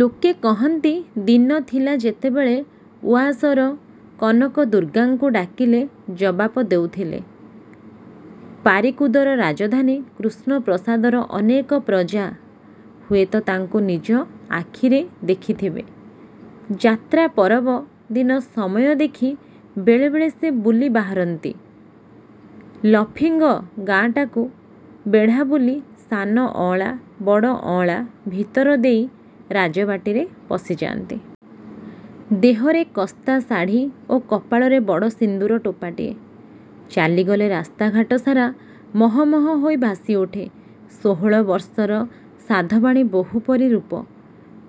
ଲୋକେ କହନ୍ତି, ଦିନ ଥିଲା ଯେତେବେଳେ ଉଆସର କନକଦୁର୍ଗାଙ୍କୁ ଡାକିଲେ ଜବାବ ଦେଉଥିଲେ। ପାରୀକୁଦର ରାଜଧାନୀ କୃଷ୍ଣପ୍ରସାଦର ଅନେକ ପ୍ରଜା ହୁଏତ ତାଙ୍କୁ ନିଜ ଆଖିରେ ଦେଖିଥିବେ। ଯାତ୍ରା ପରବ ଦିନ ସମୟ ଦେଖି ବେଳେ ବେଳେ ସେ ବୁଲି ବାହାରନ୍ତି। 'ଲଫିଙ୍ଗ' ଗାଁଟାକୁ ବେଢ଼ାବୁଲି ସାନ ଅଅଁଳା, ବଡ଼ ଅଅଁଳା ଭିତର ଦେଇ ରାଜବାଟୀରେ ପଶିଯାନ୍ତି। ଦେହରେ କସ୍ତା ଶାଢ଼ି ଓ କପାଳରେ ବଡ଼ ସିନ୍ଦୁର ଟୋପାଟିଏ। ଚାଲିଗଲେ ରାସ୍ତାଘାଟ ସାରା ମହ ମହ ହୋଇ ବାସି ଉଠେ। ଷୋହଳ ବର୍ଷର ସାଧବାଣୀ ବୋହୂପରି ରୂପ।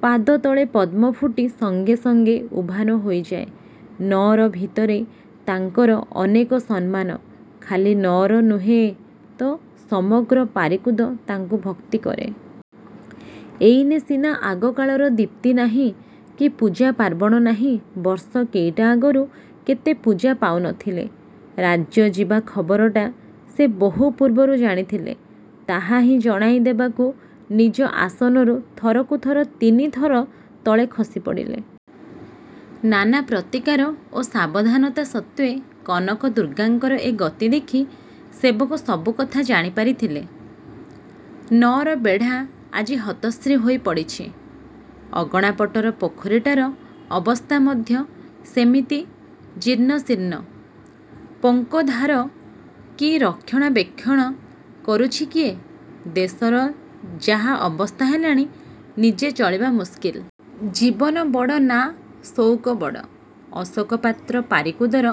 ପାଦ ତଳେ ପଦ୍ମଫୁଟି ସଙ୍ଗେ ସଙ୍ଗେ ଉଭାନ ହୋଇଯାଏ। ନଅର ଭିତରେ ତାଙ୍କର ଅନେକ ସମ୍ମାନ, ଖାଲି ନଅର ନୁହେ ତ, ସମଗ୍ର ପାରିକୁଦ ତାଙ୍କୁ ଭକ୍ତି କରେ। ଏଇନେ ସିନା ଆଗକାଳର ଦୀପ୍ତି ନାହିଁ କି ପୂଜାପାର୍ବଣ ନାହିଁ, ବର୍ଷ କେଇଟା ଆଗରୁ କେତେ ପୂଜା ପାଉ ନଥିଲେ! ରାଜ୍ୟ ଯିବା ଖବରଟା ସେ ବହୁ ପୂର୍ବରୁ ଜାଣିଥିଲେ। ତାହାହିଁ ଜଣାଇ ଦେବାକୁ ନିଜ ଆସନରୁ ଥରକୁ ଥର ତିନିଥର ତଳେ ଖସି ପଡ଼ିଲେ। ନାନା ପ୍ରତିକାର ଓ ସାବଧାନତା ସତ୍ତ୍ୱେ କନକ ଦୁର୍ଗାଙ୍କର ଏ ଗତି ଦେଖି ସେବକ ସବୁକଥା ଜାଣି ପାରିଥିଲେ। ନଅରବେଢ଼ା ଆଜି ହତଶ୍ରୀ ହୋଇ ପଡ଼ିଛି। ଅଗଣାପଟର ପୋଖରୀଟାର ଅବସ୍ଥା ମଧ୍ୟ ସେମିତି ଜୀର୍ଣ୍ଣଶୀର୍ଣ୍ଣ। ପଙ୍କୋଦ୍ଧାର କି ରକ୍ଷଣାବେକ୍ଷଣ କରୁଛି କିଏ? ଦେଶର ଯାହା ଅବସ୍ଥା ହେଲାଣି, ନିଜେ ଚଳିବା ମୁଷ୍କିଲ। ଜୀବନ ବଡ଼ ନାଁ ସଉକ ବଡ଼? ଅଶୋକ ପାତ୍ର ପାରିକୁଦର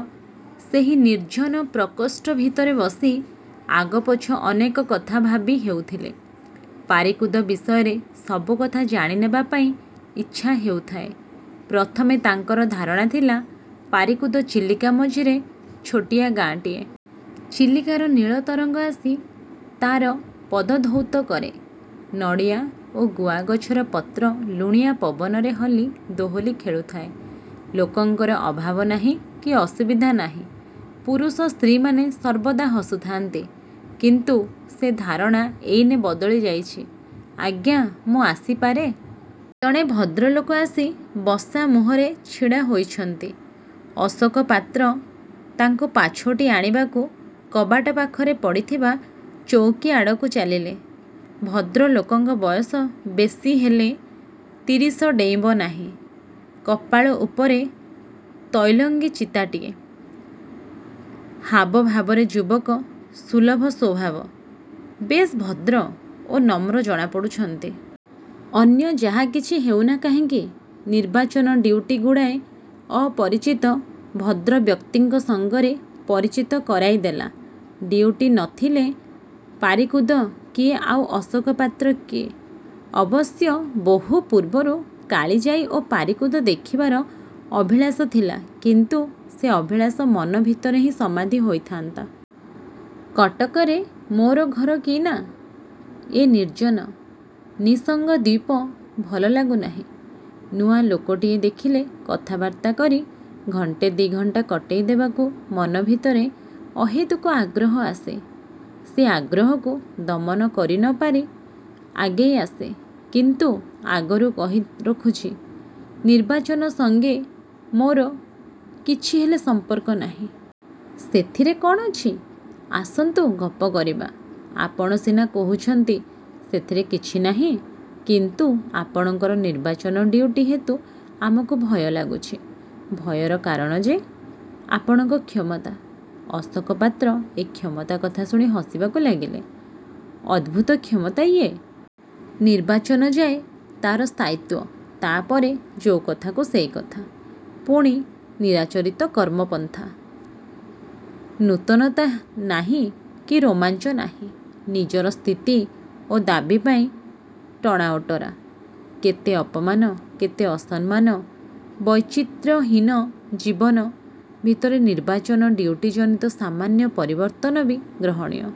ସେହି ନିର୍ଜନ ପ୍ରକୋଷ୍ଠ ଭିତରେ ବସି ଆଗପଛ ଅନେକ କଥା ଭାବି ହେଉଥିଲେ। ପାରିକୁଦ ବିଷୟରେ ସବୁକଥା ଜାଣିନେବା ପାଇଁ ଇଚ୍ଛା ହେଉଥାଏ। ପ୍ରଥମେ ତାଙ୍କର ଧାରଣା ଥିଲା, ପାରିକୁଦ ଚିଲିକା ମଝିରେ ଛୋଟିଆ ଗାଁଟିଏ। ଚିଲିକାର ନୀଳତରଙ୍ଗ ଆସି ତାର ପଦଧୌତ କରେ। ନଡ଼ିଆ ଓ ଗୁଆଗଛର ପତ୍ର ଲୁଣିଆ ପବନରେ ହଲି ଦୋହଲି ଖେଳୁଥାଏ। ଲୋକଙ୍କର ଅଭାବ ନାହିଁ କି ଅସୁବିଧା ନାହିଁ। ପୁରୁଷ ସ୍ତ୍ରୀମାନେ ସର୍ବଦା ହସୁଥାନ୍ତି। କିନ୍ତୁ ସେ ଧାରଣା ଏଇନେ ବଦଳି ଯାଇଛି। ଆଜ୍ଞା ମୁଁ ଆସିପାରେଁ? ଜଣେ ଭଦ୍ରଲୋକ ଆସି ବସାମୁହଁରେ ଛିଡ଼ା ହୋଇଛନ୍ତି। ଅଶୋକପାତ୍ର ତାଙ୍କୁ ପାଛୋଟି ଆଣିବାକୁ କବାଟ ପାଖରେ ପଡ଼ିଥିବା ଚୌକିଆଡ଼କୁ ଚାଲିଲେ। ଭଦ୍ରଲୋକଙ୍କ ବୟସ ବେଶୀ ହେଲେ ତିରିଶ ଡେଇଁବ ନାହିଁ। କପାଳ ଉପରେ ତୈଲଙ୍ଗୀ ଚିତାଟିଏ। ହାବଭାବରେ ଯୁବକ ସୁଲଭ ସ୍ୱଭାବ। ବେଶ୍ ଭଦ୍ର ଓ ନମ୍ର ଜଣାପଡ଼ୁଛନ୍ତି। ଅନ୍ୟ ଯାହାକିଛି ହେଉନା କାହିଁକି, ନିର୍ବାଚନ ଡ୍ୟୁଟି ଗୁଡ଼ାଏ ଅପରିଚିତ ଭଦ୍ରବ୍ୟକ୍ତିଙ୍କ ସଙ୍ଗରେ ପରିଚିତ କରାଇ ଦେଲା। ଡ୍ୟୁଟି ନଥିଲେ ପାରିକୁଦ କିଏ ଆଉ ଅଶୋକ ପାତ୍ର କିଏ? ଅବଶ୍ୟ ବହୁପୂର୍ବରୁ କାଳିଯାଈ ଓ ପାରିକୁଦ ଦେଖିବାର ଅଭିଳାସ ଥିଲା। କିନ୍ତୁ ସେ ଅଭିଳାଷ ମନ ଭିତରେ ହିଁ ସମାଧି ନେଇଥାନ୍ତା। କଟକରେ ମୋର ଘର କିନାଁ, ଏ ନିର୍ଜନ, ନିଃସଙ୍ଗ ଦ୍ୱୀପ ଭଲ ଲାଗୁନାହିଁ। ନୂଆ ଲୋକଟିଏ ଦେଖିଲେ କଥାବାର୍ତ୍ତା କରି ଘଣ୍ଟେ ଦି'ଘଣ୍ଟା କଟାଇ ଦେବାକୁ ମନ ଭିତରେ ଅହେତୁକ ଆଗ୍ରହ ଆସେ। ସେ ଆଗ୍ରହକୁ ଦମନ କରି ନ ପାରି ଆଗେଇ ଆସେଁ। କିନ୍ତୁ ଆଗରୁ କହି ରଖୁଛି; ନିର୍ବାଚନ ସଙ୍ଗେ ମୋର କିଛିହେଲେ ସମ୍ପର୍କ ନାହିଁ। ସେଥିରେ କଣ ଅଛି? ଆସନ୍ତୁ ଗପ କରିବା। ଆପଣ ସିନା କହୁଛନ୍ତି ସେଥିରେ କିଛିନାହିଁ; କିନ୍ତୁ ଆପଣଙ୍କର ନିର୍ବାଚନ ଡ୍ୟୁଟି ହେତୁ ଆମକୁ ଭୟ ଲାଗୁଛି। ଭୟର କାରଣ ଯେ? ଆପଣଙ୍କ କ୍ଷମତା! ଅଶୋକ ପାତ୍ର ଏ 'କ୍ଷମତା' କଥା ଶୁଣି ହସିବାକୁ ଲାଗିଲେ। ଅଦ୍ଭୁତ କ୍ଷମତା ଇଏ! ନିର୍ବାଚନ ଯାଏ ତାର ସ୍ଥାୟିତ୍ୱ। ତା'ପରେ ଯୋଉ କଥାକୁ ସେହି କଥା। ପୁଣି ଚିରାଚରିତ କର୍ମପନ୍ଥା-। ନୂତନତା ନାହିଁ କି ରୋମାଞ୍ଚ ନାହିଁ। ନିଜର ସ୍ଥିତି ଓ ଦାବୀ ପାଇଁ ଟଣାଓଟରା। କେତେ ଅପମାନ, କେତେ ଅସମ୍ମାନ। ବୈଚିତ୍ରହୀନ ଜୀବନ ଭିତରେ ନିର୍ବାଚନ ଡ୍ୟୁଟିଜନିତ ସାମାନ୍ୟ ପରିବର୍ତ୍ତନ ବି ଗ୍ରହଣୀୟ।